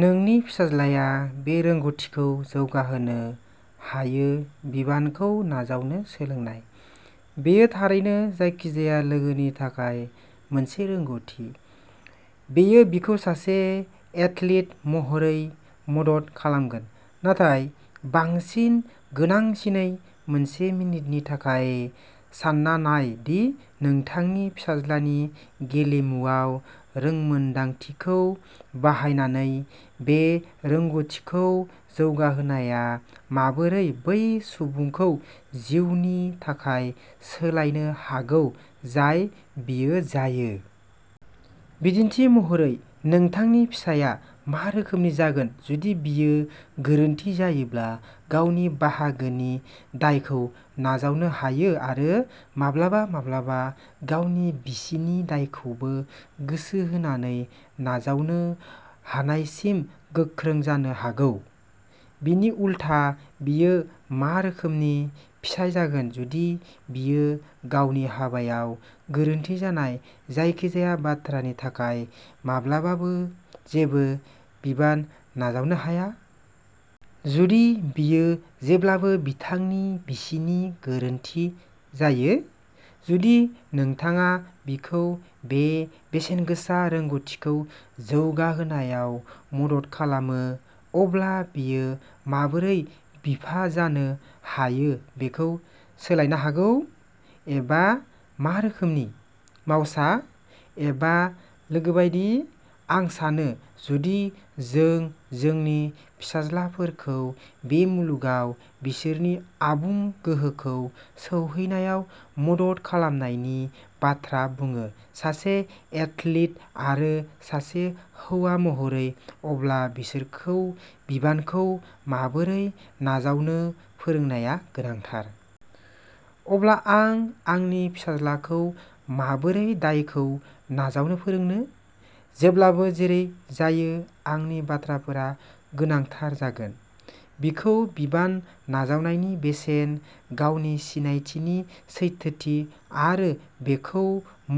नोंनि फिसाज्लाया बे रोंग'थिखौ जौगाहोनो हायो-बिबानखौ नाजावनो सोलोंनाय। बेयो थारैनो जायखिजाया लोगोनि थाखाय मोनसे रोंग'थि। बेयो बिखौ सासे एथलीट महरै मदद खालामगोन। नाथाय, बांसिन गोनांसिनै, मोनसे मिनिटनि थाखाय सानना नाय दि नोंथांनि फिसाज्लानि गेलेमुआव रोंमोनदांथिखौ बाहायनानै बे रोंग'थिखौ जौगाहोनाया माबोरै बै सुबुंखौ जिउनि थाखाय सोलायनो हागौ जाय बियो जायो। बिदिन्थि महरै, नोंथांनि फिसाया मा रोखोमनि जागोन जुदि बियो गोरोन्थि जायोब्ला गावनि बाहागोनि दायखौ नाजावनो हायो, आरो माब्लाबा माब्लाबा गावनि बिसिनि दायखौबो गोसो होनानै नाजावनो हानायसिम गोख्रों जानो हागौ? बिनि उलथा, बियो मा रोखोमनि फिसाय जागोन जुदि बियो गावनि हाबायाव गोरोन्थि जानाय जायखिजाया बाथ्रानि थाखाय माब्लाबाबो जेबो बिबान नाजावनो हाया? जुदि बेयो जेब्लाबो बिथांनि बिसिनि गोरोन्थि जायो? जुदि नोंथाङा बिखौ बे बेसेनगोसा रोंग'थिखौ जौगाहोनायाव मदद खालामो, अब्ला बियो माबोरै बिफा जानो हायो बेखौ सोलायनो हागौ? एबा मा रोखोमनि। मावसा? एबा लोगो बायदि? आं सानो, जुदि जों जोंनि फिसाज्लाफोरखौ बे मुलुगाव बिसोरनि आबुं गोहोखौ सौहैनायाव मदद खालामनायनि बाथ्रा बुङो, सासे एथलीट आरो सासे हौवा महरै, अब्ला बिसोरखौ बिबानखौ माबोरै नाजावनो फोरोंनाया गोनांथार। अब्ला आं आंनि फिसाज्लाखौ माबोरै दायखौ नाजावनो फोरोंनो? जेब्लाबो जेरै जायो, आंनि बाथ्राफोरा गोनांथार जागोन। बिखौ बिबान नाजावनायनि बेसेन, गावनि सिनायथिनि सैथोथि, आरो बेखौ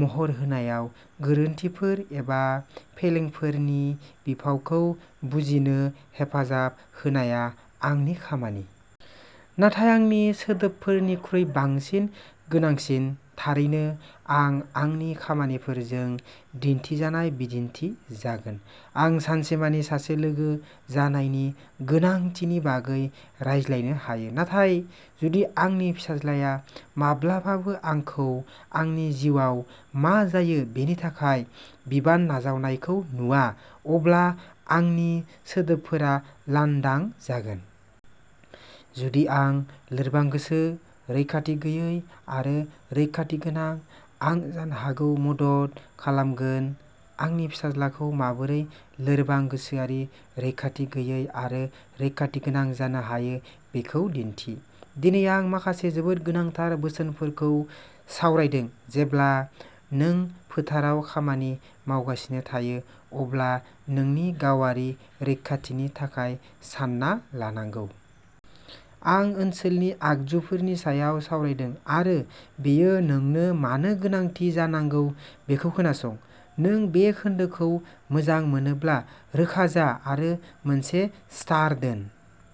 महर होनायाव गोरोन्थिफोर एबा फेलेंफोरनि बिफावखौ बुजिनो हेफाजाब होनाया आंनि खामानि। नाथाय आंनि सोदोबफोरनिख्रुइ बांसिन गोनांसिन, थारैनो, आं आंनि खामानिफोरजों दिन्थिजानाय बिदिन्थि जागोन। आं सानसेमानि सासे लोगो जानायनि गोनांथिनि बागै रायज्लायनो हायो, नाथाय जुदि आंनि फिसाज्लाया माब्लाबाबो आंखौ आंनि जिउआव मा जायो बेनि थाखाय बिबान नाजावनायखौ नुवा, अब्ला आंनि सोदोबफोरा लांदां जागोन। जुदि आं लोरबां-गोसो, रैखाथि गैयै, आरो रैखाथिगोनां, आं जानो हागौ मदद खालामगोन। आंनि फिसाज्लाखौ माबोरै लोरबां गोसोआरि, रैखाथि गैयै आरो रैखाथिगोनां जानो हायो बेखौ दिन्थि। दिनै आं माखासे जोबोद गोनांथार बोसोनफोरखौ सावरायदों, जेब्ला नों फोथाराव खामानि मावगासिनो थायो, अब्ला नोंनि गावारि रैखाथिनि थाखाय सानना लानांगौ। आं ओनसोलनि आगजुफोरनि सायाव सावरायदों आरो बेयो नोंनो मानो गोनांथि जानांगौ बेखौ खोनासं। नों बे खोन्दोखौ मोजां मोनोब्ला, रोखा जा आरो मोनसे "स्टार" दोन।